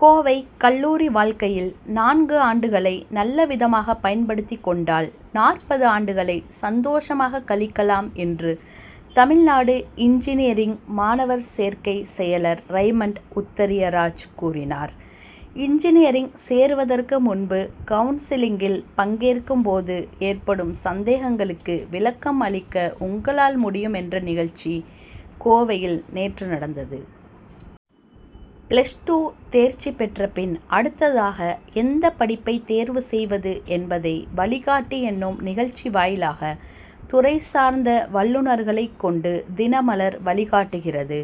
கோவை கல்லூரி வாழ்க்கையில் நான்கு ஆண்டுகளை நல்லவிதமாக பயன்படுத்திக்கொண்டால், நாற்பது ஆண்டுகளை சந்தோஷமாக கழிக்கலாம் என்று தமிழ்நாடு இன்ஜினியரிங் மாணவர் சேர்க்கை செயலர் ரைமண்ட் உத்தரியராஜ் கூறினார். இ., சேருவதற்கு முன்பு கவுன்சிலிங்கில் பங்கேற்கும்போது ஏற்படும் சந்தேகங்களுக்கு விளக்கம் அளிக்க உங்களால் முடியும்' என்ற நிகழ்ச்சி கோவையில் நேற்று நடந்தது. பிளஸ் டூ தேர்ச்சி பெற்ற பின் அடுத்ததாக எந்த படிப்பை தேர்வு செய்வது என்பதை வழிகாட்டி' எனும் நிகழ்ச்சி வாயிலாக துறை சார்ந்த வல்லுனர்களை கொண்டு தினமலர்' வழிகாட்டுகிறது.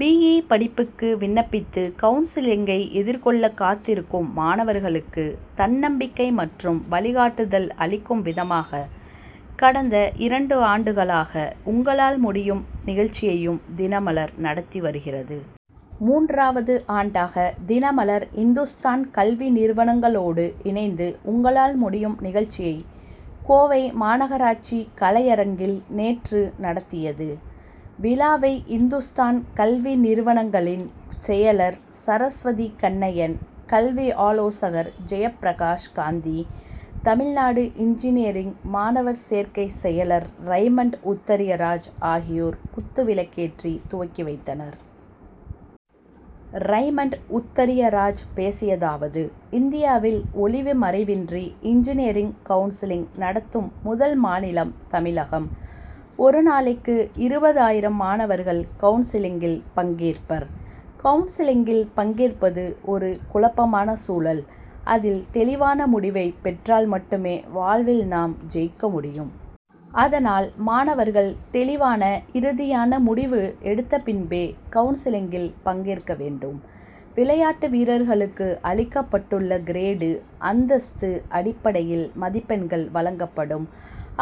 பி. இ., படிப்புக்கு விண்ணப்பித்து கவுன்சிலிங்கை எதிர்கொள்ள காத்திருக்கும் மாணவர்களுக்கு தன்னம்பிக்கை மற்றும் வழிகாட்டுதல் அளிக்கும் விதமாக, கடந்த இரண்டு ஆண்டுகளாக உங்களால் முடியும்' நிகழ்ச்சியையும் தினமலர் நடத்தி வருகிறது. மூன்றாவது ஆண்டாக தினமலர்' இந்துஸ்தான் கல்வி நிறுவனங்களோடு இணைந்து உங்களால் முடியும்' நிகழ்ச்சியை, கோவை மாநகராட்சி கலையரங்கில் நேற்று நடத்தியது. விழாவை இந்துஸ்தான் கல்வி நிறுவனங்களின் செயலர் சரஸ்வதி கண்ணையன், கல்வி ஆலோசகர் ஜெயப்பிரகாஷ் காந்தி, தமிழ்நாடு இன்ஜினியரிங் மாணவர் சேர்க்கை செயலர் ரைமண்ட் உத்தரியராஜ் ஆகியோர் குத்துவிளக்கேற்றி துவக்கி வைத்தனர். ரைமண்ட் உத்தரியராஜ் பேசியதாவது இந்தியாவில் ஒளிவு மறைவின்றி இன்ஜினியரிங் கவுன்சிலிங் நடத்தும் முதல் மாநிலம் தமிழகம். ஒரு நாளைக்கு இருபது ஆயிரம் மாணவர்கள் கவுன்சிலிங்கில் பங்கேற்பர். கவுன்சிலிங்கில் பங்கேற்பது ஒரு குழப்பமான சூழல். அதில் தெளிவான முடிவை பெற்றால் மட்டுமே வாழ்வில் நாம் ஜெயிக்க முடியும். அதனால் மாணவர்கள் தெளிவான இறுதியான முடிவெடுத்த பின்பே கவுன்சிலிங்கில் பங்கேற்க வேண்டும். விளையாட்டு வீரர்களுக்கு அளிக்கப்பட்டுள்ள கிரேடு, அந்தஸ்து அடிப்படையில் மதிப்பெண்கள் வழங்கப்படும்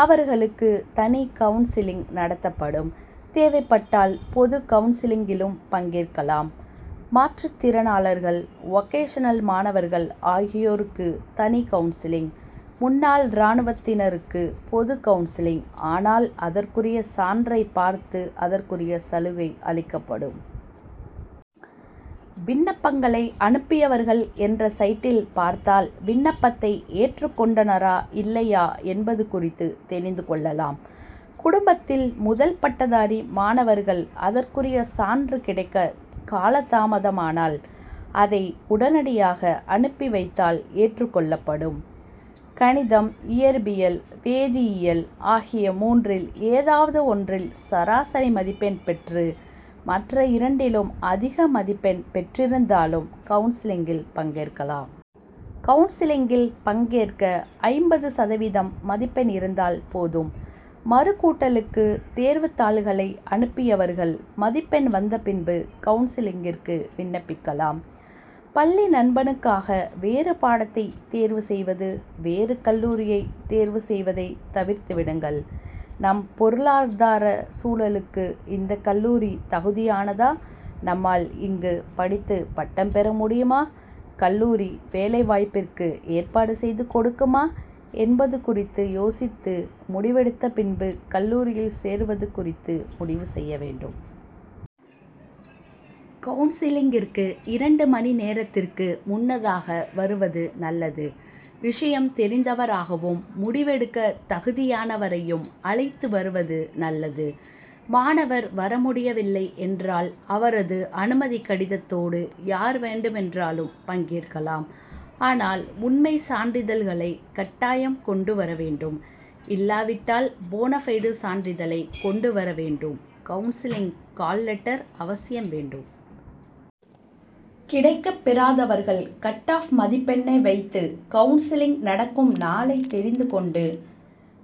அவர்களுக்கு தனி கவுன்சிலிங் நடத்தப்படும். தேவைப்பட்டால் பொதுகவுன்சிலிங்கிலும் பங்கேற்கலாம். மாற்றுத்திறனாளர்கள், வொகேசனல் மாணவர்கள் ஆகியோருக்கு தனி கவுன்சிலிங், முன்னாள் ராணுவத்தினருக்கு பொதுகவுன்சிலிங் ஆனால் அதற்குரிய சான்றை பார்த்து அதற்குரிய சலுகை அளிக்கப்படும். விண்ணப்பங்களை அனுப்பியவர்கள் என்ற சைட்டில் பார்த்தால் விண்ணப்பத்தை ஏற்றுக்கொண்டனரா இல்லையா என்பது குறித்து தெரிந்து கொள்ளலாம். குடும்பத்தில் முதல் பட்டதாரி மாணவர்கள் அதற்குரிய சான்று கிடைக்க காலதாமதமானால் அதை உடனடியாக அனுப்பி வைத்தால் ஏற்றுக்கொள்ளப்படும். கணிதம், இயற்பியல், வேதியியல் ஆகிய மூன்றில் ஏதாவது ஒன்றில் சராசரி மதிப்பெண் பெற்று மற்ற இரண்டிலும் அதிக மதிப்பெண் பெற்றிருந்தாலும் கவுன்சிலிங்கில் பங்கேற்கலாம். கவுன்சிலிங்கில் பங்கேற்க ஐம்பது சதவீதம் மதிப்பெண் இருந்தால் போதும். மறுகூட்டலுக்கு தேர்வுத்தாள்களை அனுப்பியவர்கள் மதிப்பெண் வந்தபின்பு கவுன்சிலிங்கிற்கு விண்ணப்பிக்கலாம். பள்ளி நண்பனுக்காக வேறுபாடத்தை தேர்வு செய்வது, வேறு கல்லூரியை தேர்வு செய்வதை தவிர்த்து விடுங்கள். நம் பொருளாதார சூழலுக்கு இந்த கல்லூரி தகுதியானதா, நம்மால் இங்கு படித்து பட்டம் பெறமுடியுமா, கல்லூரி வேலைவாய்ப்பிற்கு ஏற்பாடு செய்து கொடுக்குமா, என்பது குறித்து யோசித்து முடிவெடுத்த பின்பு கல்லூரியில் சேருவது குறித்து முடிவு செய்ய வேண்டும். கவுன்சிலிங்கிற்கு இரண்டு மணி நேரத்திற்கு முன்னதாக வருவது நல்லது, விஷயம் தெரிந்தவராகவும், முடிவெடுக்க தகுதியானவரையும் அழைத்து வருவது நல்லது. மாணவர் வரமுடியவில்லை என்றால் அவரது அனுமதிகடிதத்தோடு யார் வேண்டுமென்றாலும் பங்கேற்கலாம். ஆனால் உண்மை சான்றிதழ்களை கட்டாயம் கொண்டு வரவேண்டும். இல்லாவிட்டால் போனபைடு சான்றிதழை கொண்டுவரவேண்டும். கவுன்சிலிங் கால் லெட்டர் அவசியம் வேண்டும். கிடைக்கப்பெறாதவர்கள் கட் ஆப் மதிப்பெண்ணை வைத்து கவுன்சிலங்க் நடக்கும் நாளை தெரிந்துகொண்டு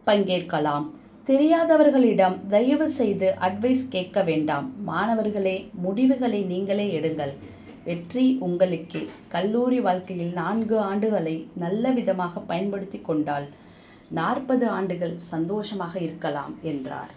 பங்கேற்கலாம். தெரியாதவர்களிடம் தயவு செய்து அட்வைஸ் கேட்கவேண்டாம். மாணவர்களே முடிவுகளை நீங்களே எடுங்கள். வெற்றி உங்களுக்கே. கல்லூரி வாழ்க்கையில் நான்கு ஆண்டுகளை நல்லவிதமாக பயன்படுத்திக்கொண்டால், நாற்பது ஆண்டுகள் சந்தோஷமாக இருக்கலாம், என்றார்.